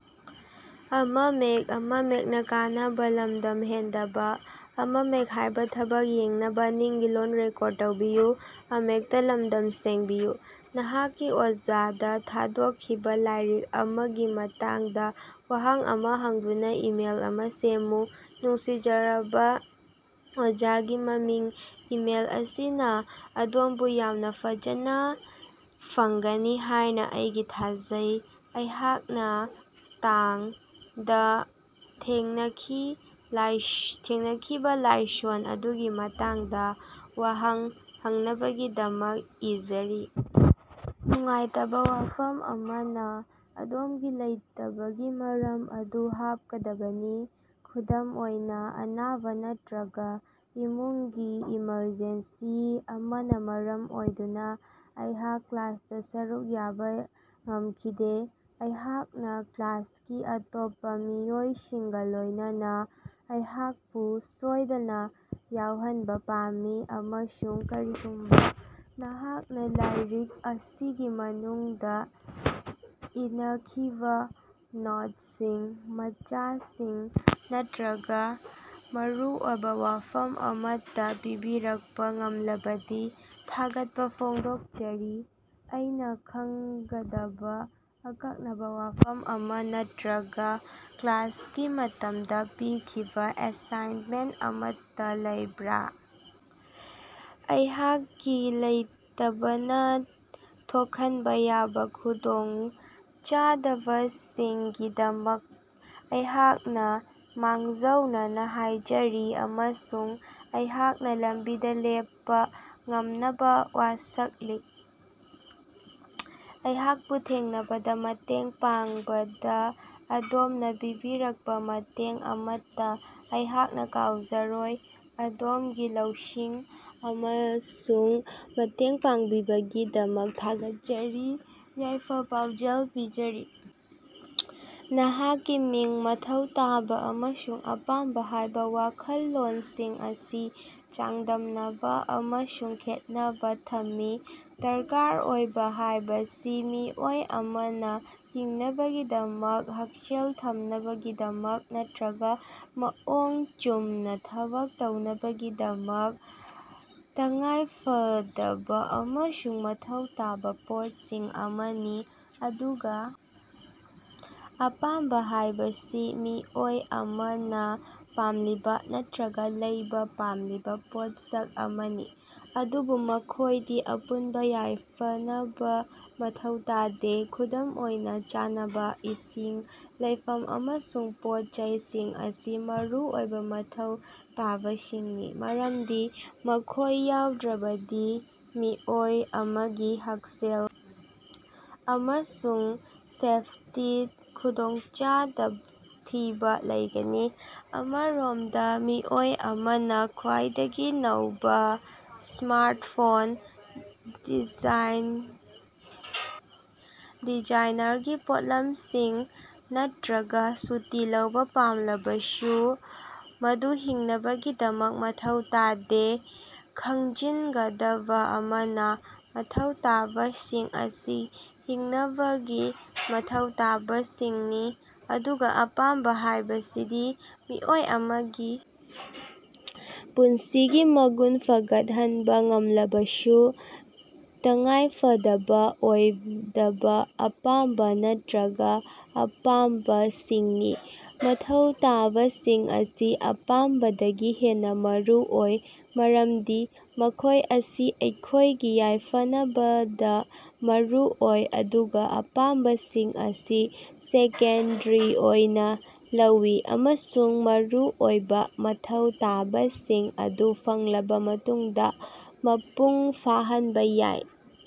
ꯅꯍꯥꯛꯀꯤ ꯑꯣꯖꯥꯗ ꯊꯥꯗꯣꯛꯈꯤꯕ ꯂꯥꯏꯔꯤꯛ ꯑꯃꯒꯤ ꯃꯇꯥꯡꯗ ꯋꯥꯍꯪ ꯑꯃ ꯍꯪꯗꯨꯅ ꯏꯃꯦꯜ ꯑꯃ ꯁꯦꯝꯃꯨ꯫ ꯅꯨꯡꯁꯤꯖꯔꯕ [ꯑꯣꯖꯥꯒꯤ ꯃꯃꯤꯡ], ꯏꯃꯦꯜ ꯑꯁꯤꯅ ꯑꯗꯣꯝꯕꯨ ꯌꯥꯝꯅ ꯐꯖꯟꯅ ꯐꯪꯒꯅꯤ ꯍꯥꯏꯅ ꯑꯩꯒꯤ ꯊꯥꯖꯩ꯫ ꯑꯩꯍꯥꯛꯅ ꯇꯥꯡ]ꯗ ꯊꯦꯡꯅꯈꯤ ꯊꯦꯡꯅꯈꯤꯕ ꯂꯥꯏꯁꯣꯟ ꯑꯗꯨꯒꯤ ꯃꯇꯥꯡꯗ ꯋꯥꯍꯪ ꯍꯪꯅꯕꯒꯤꯗꯃꯛ ꯏꯖꯔꯤ꯫ ꯅꯨꯡꯉꯥꯏꯇꯕ ꯋꯥꯐꯝ ꯑꯃꯅ, ꯑꯗꯣꯝꯒꯤ ꯂꯩꯇꯕꯒꯤ ꯃꯔꯝ ꯑꯗꯨ ꯍꯥꯞꯀꯗꯕꯅꯤ, ꯈꯨꯗꯝ ꯑꯣꯏꯅ ꯑꯅꯥꯕ ꯅꯠꯇ꯭ꯔꯒ ꯏꯃꯨꯡꯒꯤ ꯏꯃꯔꯖꯦꯟꯁꯤ ꯑꯃꯅ ꯃꯔꯝ ꯑꯣꯏꯗꯨꯅ ꯑꯩꯍꯥꯛ ꯀ꯭ꯂꯥꯁꯇ ꯁꯔꯨꯛ ꯌꯥꯕ ꯉꯝꯈꯤꯗꯦ꯫ ꯑꯩꯍꯥꯛꯅ ꯀ꯭ꯂꯥꯁꯀꯤ ꯑꯇꯣꯞꯄ ꯃꯤꯑꯣꯏꯁꯤꯡꯒ ꯂꯣꯏꯅꯅ ꯑꯩꯍꯥꯛꯄꯨ ꯁꯣꯏꯗꯅ ꯌꯥꯎꯍꯟꯕ ꯄꯥꯝꯃꯤ ꯑꯃꯁꯨꯡ ꯀꯔꯤꯒꯨꯝꯕ ꯅꯍꯥꯛꯅ ꯂꯥꯏꯔꯤꯛ ꯑꯁꯤꯒꯤ ꯃꯅꯨꯡꯗ ꯏꯟꯅꯈꯤꯕ ꯅꯣꯠꯁꯤꯡ, ꯃꯆꯥꯛꯁꯤꯡ ꯅꯠꯇ꯭ꯔꯒ ꯃꯔꯨꯑꯣꯏꯕ ꯋꯥꯐꯝ ꯑꯃꯠꯇ ꯄꯤꯕꯤꯔꯛꯄ ꯉꯝꯂꯕꯗꯤ ꯊꯥꯒꯠꯄ ꯐꯣꯡꯗꯣꯛꯆꯔꯤ꯫ ꯑꯩꯅ ꯈꯪꯒꯗꯕ ꯑꯀꯛꯅꯕ ꯋꯥꯐꯝ ꯑꯃ ꯅꯠꯇ꯭ꯔꯒ ꯀ꯭ꯂꯥꯁꯀꯤ ꯃꯇꯝꯗ ꯄꯤꯈꯤꯕ ꯑꯦꯁꯥꯏꯟꯃꯦꯟꯇ ꯑꯃꯠꯇ ꯂꯩꯕ꯭ꯔꯥ? ꯑꯩꯍꯥꯛꯀꯤ ꯂꯩꯇꯕꯅ ꯊꯣꯛꯍꯟꯕ ꯌꯥꯕ ꯈꯨꯗꯣꯡꯆꯥꯗꯕꯁꯤꯡꯒꯤ ꯗꯃꯛ ꯑꯩꯍꯥꯛꯅ ꯃꯥꯡꯖꯧꯅꯅ ꯍꯥꯏꯖꯔꯤ ꯑꯃꯁꯨꯡ ꯑꯩꯍꯥꯛꯅ ꯂꯝꯕꯤꯗ ꯂꯦꯞꯄ ꯉꯝꯅꯕ ꯋꯥꯁꯛꯂꯤ꯫ ꯑꯩꯍꯥꯛꯄꯨ ꯊꯦꯡꯅꯕꯗ ꯃꯇꯦꯡ ꯄꯥꯡꯕꯗ ꯑꯗꯣꯝꯅ ꯄꯤꯕꯤꯔꯛꯄ ꯃꯇꯦꯡ ꯑꯃꯠꯇ ꯑꯩꯍꯥꯛꯅ ꯀꯥꯎꯖꯔꯣꯏ꯫ ꯑꯗꯣꯝꯒꯤ ꯂꯧꯁꯤꯡ ꯑꯃꯁꯨꯡ ꯃꯇꯦꯡ ꯄꯥꯡꯕꯤꯕꯒꯤꯗꯃꯛ ꯊꯥꯒꯠꯆꯔꯤ꯫ ꯌꯥꯏꯐ-ꯄꯥꯎꯖꯦꯜ ꯄꯤꯖꯔꯤ, ꯅꯍꯥꯛꯀꯤ ꯃꯤꯡ "ꯃꯊꯧ ꯇꯥꯕ" ꯑꯃꯁꯨꯡ "ꯑꯄꯥꯝꯕ" ꯍꯥꯏꯕ ꯋꯥꯈꯜꯂꯣꯟꯁꯤꯡ ꯑꯁꯤ ꯆꯥꯡꯗꯝꯅꯕ ꯑꯃꯁꯨꯡ ꯈꯦꯠꯅꯕ ꯊꯝꯃꯤ꯫ ꯗꯔꯀꯥꯔ ꯑꯣꯏꯕ ꯍꯥꯏꯕꯁꯤ ꯃꯤꯑꯣꯏ ꯑꯃꯅ ꯍꯤꯡꯅꯕꯒꯤꯗꯃꯛ, ꯍꯛꯁꯦꯜ ꯊꯝꯅꯕꯒꯤꯗꯃꯛ ꯅꯠꯇ꯭ꯔꯒ ꯃꯑꯣꯡ ꯆꯨꯝꯅ ꯊꯕꯛ ꯇꯧꯅꯕꯒꯤꯗꯃꯛ ꯇꯉꯥꯏꯐꯗꯕ ꯑꯃꯁꯨꯡ ꯃꯊꯧ ꯇꯥꯕ ꯄꯣꯠꯁꯛ ꯑꯃꯅꯤ꯫ ꯑꯗꯨꯒ ꯑꯄꯥꯝꯕ ꯍꯥꯏꯕꯁꯤ ꯃꯤꯑꯣꯏ ꯑꯃꯅ ꯄꯥꯝꯂꯤꯕ ꯅꯠꯇ꯭ꯔꯒ ꯂꯩꯕ ꯄꯥꯝꯂꯤꯕ ꯄꯣꯠꯁꯛ ꯑꯃꯅꯤ꯫ ꯑꯗꯨꯕꯨ ꯃꯈꯣꯏꯗꯤ ꯑꯄꯨꯟꯕ ꯌꯥꯏꯐꯅꯕ ꯃꯊꯧ ꯇꯥꯗꯦ꯫ ꯈꯨꯗꯝ ꯑꯣꯏꯅ, ꯆꯥꯅꯕ, ꯏꯁꯤꯡ, ꯂꯩꯐꯝ ꯑꯃꯁꯨꯡ ꯄꯣꯠ-ꯆꯩꯁꯤꯡ ꯑꯁꯤ ꯃꯔꯨꯑꯣꯏꯕ ꯃꯊꯧ ꯇꯥꯕꯁꯤꯡꯅꯤ꯫ ꯃꯔꯝꯗꯤ ꯃꯈꯣꯏ ꯌꯥꯎꯗ꯭ꯔꯕꯗꯤ ꯃꯤꯑꯣꯏ ꯑꯃꯒꯤ ꯍꯛꯁꯦꯜ ꯑꯃꯁꯨꯡ ꯁꯦꯐꯇꯤ ꯈꯨꯗꯣꯡꯆꯥ ꯊꯤꯕ ꯂꯩꯒꯅꯤ꯫ ꯑꯃꯔꯣꯝꯗ ꯃꯤꯑꯣꯏ ꯑꯃꯅ ꯈ꯭ꯋꯥꯏꯗꯒꯤ ꯅꯧꯕ ꯁ꯭ꯃꯥꯔꯇꯐꯣꯟ, ꯗꯤꯖꯥꯏ ꯗꯤꯖꯏꯅꯔꯒꯤ ꯄꯣꯠꯂꯝꯁꯤꯡ ꯅꯠꯇ꯭ꯔꯒ ꯁꯨꯇꯤ ꯂꯧꯕ ꯄꯥꯝꯂꯕꯁꯨ ꯃꯗꯨ ꯍꯤꯡꯅꯕꯒꯤꯗꯃꯛ ꯃꯊꯧ ꯇꯥꯗꯦ꯫ ꯈꯪꯖꯤꯟꯒꯗꯕ ꯑꯃꯅ, ꯃꯊꯧ ꯇꯥꯕꯁꯤꯡ ꯑꯁꯤ ꯍꯤꯡꯅꯕꯒꯤ ꯃꯊꯧ ꯇꯥꯕꯁꯤꯡꯅꯤ ꯑꯗꯨꯒ ꯑꯄꯥꯝꯕ ꯍꯥꯏꯕꯁꯤꯗꯤ ꯃꯤꯑꯣꯏ ꯑꯃꯒꯤ ꯄꯨꯟꯁꯤꯒꯤ ꯃꯒꯨꯟ ꯐꯒꯠꯍꯟꯕ ꯉꯝꯂꯕꯁꯨ ꯇꯉꯥꯏꯐꯗꯕ ꯑꯣꯏꯗꯕ ꯑꯄꯥꯝꯕ ꯅꯠꯇ꯭ꯔꯒ ꯑꯄꯥꯝꯕꯁꯤꯡꯅꯤ꯫ ꯃꯊꯧ ꯇꯥꯕꯁꯤꯡ ꯑꯁꯤ ꯑꯄꯥꯝꯕꯗꯒꯤ ꯍꯦꯟꯅ ꯃꯔꯨ ꯑꯣꯏ ꯃꯔꯝꯗꯤ ꯃꯈꯣꯏ ꯑꯁꯤ ꯑꯩꯈꯣꯏꯒꯤ ꯌꯥꯏꯐꯅꯕꯗ ꯃꯔꯨ ꯑꯣꯏ ꯑꯗꯨꯒ ꯑꯄꯥꯝꯕꯁꯤꯡ ꯑꯁꯤ ꯁꯦꯀꯦꯟꯗ꯭ꯔꯤ ꯑꯣꯏꯅ ꯂꯧꯏ ꯑꯃꯁꯨꯡ ꯃꯔꯨ ꯑꯣꯏꯕ ꯃꯊꯧ ꯇꯥꯕꯁꯤꯡ ꯑꯗꯨ ꯐꯪꯂꯕ ꯃꯇꯨꯡꯗ ꯃꯄꯨꯡ ꯐꯥꯍꯟꯕ ꯌꯥꯏ꯫